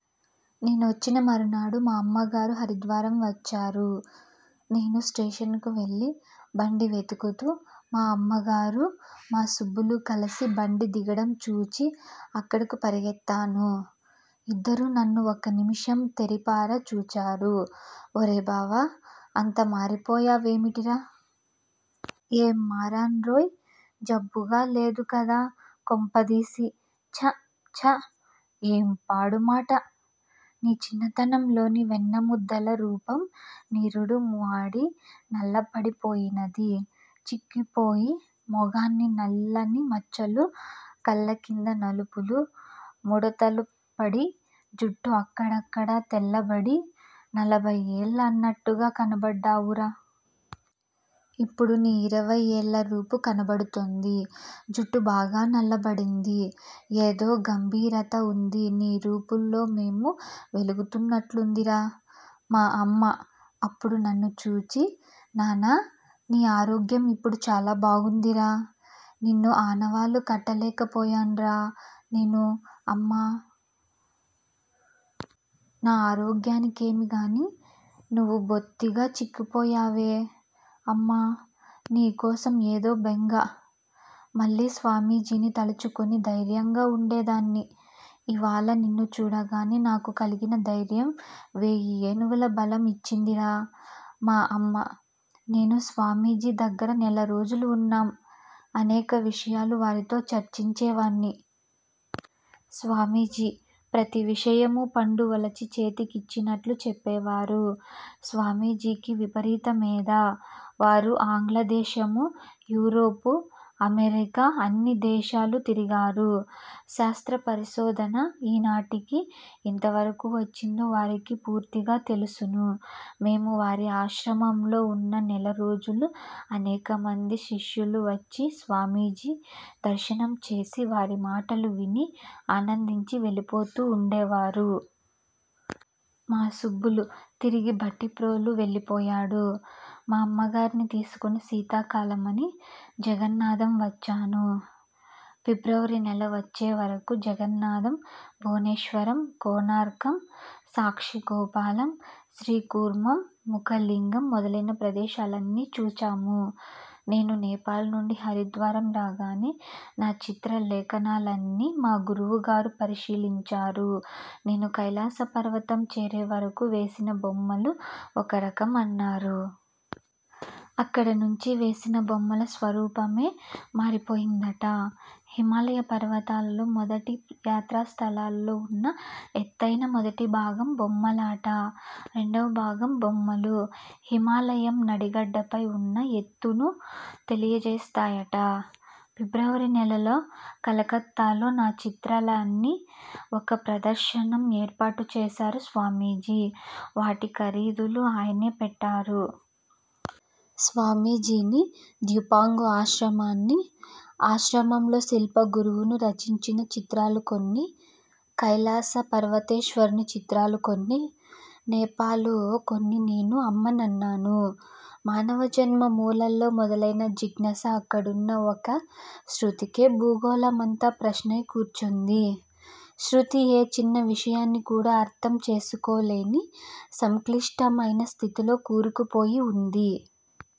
నేను వచ్చిన మరునాడు మా అమ్మగారు హరిద్వారం వచ్చారు. నేను స్టేషనుకు వెళ్ళి, బండి వెతుకుతూ, మా అమ్మగారూ, మా సుబ్బులూ కలసి బండి దిగడం చూచి అక్కడకు పరుగెత్తాను. ఇద్దరూ నన్ను ఒక్క నిమిషం తేరిపార చూచారు! '' ఒరే బావా! అంత మారిపోయా వేమిటిరా? '''' ఏం మరానురోయి! జబ్బుగా లేదుకదా, కొంపదీసి! '''' ఛా! ఛా! ఏం పాడుమాట. నీ చిన్నతనంలోని వెన్న ముద్దలరూపం నిరుడు మాడి నల్ల పడిపోయినది. చిక్కిపోయి, మొగాన్ని నల్లని మచ్చలు, కళ్ళ కింద నలుపులు, ముడతలుపడి, జుట్టు అక్కడక్కడ తెల్లబడి, నలభై ఏళ్ళా అన్నట్టుగా కనబడ్డావురా! ఇప్పుడు నీ ఇరవై ఏళ్ళరూపూ కనబడుతోంది. జుట్టు బాగా నల్లబడింది. ఏదో గంభీరత ఉంది నీ రూపుల్లో మోము వెలుగుతున్నట్లుందిరా! '' మా అమ్మ, అప్పుడు నన్ను చూచి, ''నాన్న! నీ ఆరోగ్యం ఇప్పుడు చాలా బాగుందిరా! నిన్ను ఆనవాలు కట్టలేకపోయానురా! '' నేను: అమ్మా! నా ఆరోగ్యానికేమీగాని, నువ్వు బొత్తిగా చిక్కిపోయావే! అమ్మ: నీకోసం ఏదో బెంగ. మళ్ళీ స్వామీజీని తలుచుకొని ధైర్యంగా ఉండేదాన్ని. ఈవాళ నిన్ను చూడగానే నాకు కలిగిన ధైర్యం వేయి ఏనుగుల బలం ఇచ్చిందిరా! మా అమ్మా, నేనూ స్వామీజీ దగ్గర నెలరోజులు వున్నాం. అనేక విషయాలు వారితో చర్చించేవాణ్ణి. స్వామీజీ ప్రతి విషయమూ పండు ఒలిచి చేతికిచ్చినట్లు చెప్పేవారు. స్వామీజీకి విపరీత మేధ. వారు ఆంగ్లదేశము, యూరోపు, అమెరికా అన్ని దేశాలు తిరిగారు. శాస్త్రపరిశోధన ఈనాటికి ఎంతవరకు వచ్చిందో వారికి పూర్తిగా తెలుసును. మేము వారి ఆశ్రమంలో ఉన్న నెలరోజులూ అనేకమంది శిష్యులువచ్చి స్వామీజీ దర్శనం చేసి వారి మాటలు విని ఆనందించి వెళ్ళిపోతూ వుండేవారు. మా సుబ్బులు తిరిగి భట్టిప్రోలు వెళ్ళిపోయాడు. మా అమ్మగారిని తీసుకొని శీతాకాలమని జగన్నాథం వచ్చాను. ఫిబ్రవరి నెల వచ్చేవరకు జగన్నాథం, భువనేశ్వరం, కోణార్కం, సాక్షిగోపాలం, శ్రీకూర్మం, ముఖలింగం మొదలైన ప్రదేశాలన్నీ చుచాము. నేను నేపాలునుండి హరిద్వారం రాగానే నా చిత్రలేఖనాలన్నీ మా గురువుగారు పరిశీలించారు. నేను కైలాస పర్వతం చేరేవరకూ వేసిన బొమ్మలు ఒక రకం అన్నారు. అక్కడనుంచి వేసిన బొమ్మల స్వరూపమే మారిపోయిందట. హిమాలయ పర్వతాలలో మొదటి యాత్రాస్థలాల్లో ఉన్న ఎత్తేనా మొదటిభాగం బొమ్మలట. రెండవభాగం బొమ్మలు, హిమాలయం నడిగడ్డపై ఉన్న ఎత్తును తెలియజేస్తాయట. ఫిబ్రవరి నెలలో కలకత్తాలో నా చిత్రాలన్నీ ఒక ప్రదర్శనం ఏర్పాటు చేశారు స్వామీజీ. వాటి ఖరీదులు ఆయనే పెట్టారు. స్వామీజీని, ద్యూపాంగు ఆశ్రమాన్ని, ఆశ్రమంలో శిల్ప గురువును రచించిన చిత్రాలు కొన్ని, కైలాస పర్వతేశ్వరుని చిత్రాలు కొన్ని, నేపాలు కొన్ని నేను అమ్మనన్నాను. మానవజన్మ మూలల్లో మొదలైన జిజ్ఞాస అక్కడున్న ఒక్క శృతికే భూగోళమంతా ప్రశ్నై కూర్చుంది. శృతి ఏ చిన్న విషయాన్ని కూడా అర్థం చేసుకోలేని సంక్లిష్టమైన స్థితిలో కూరుకుపోయి వుంది.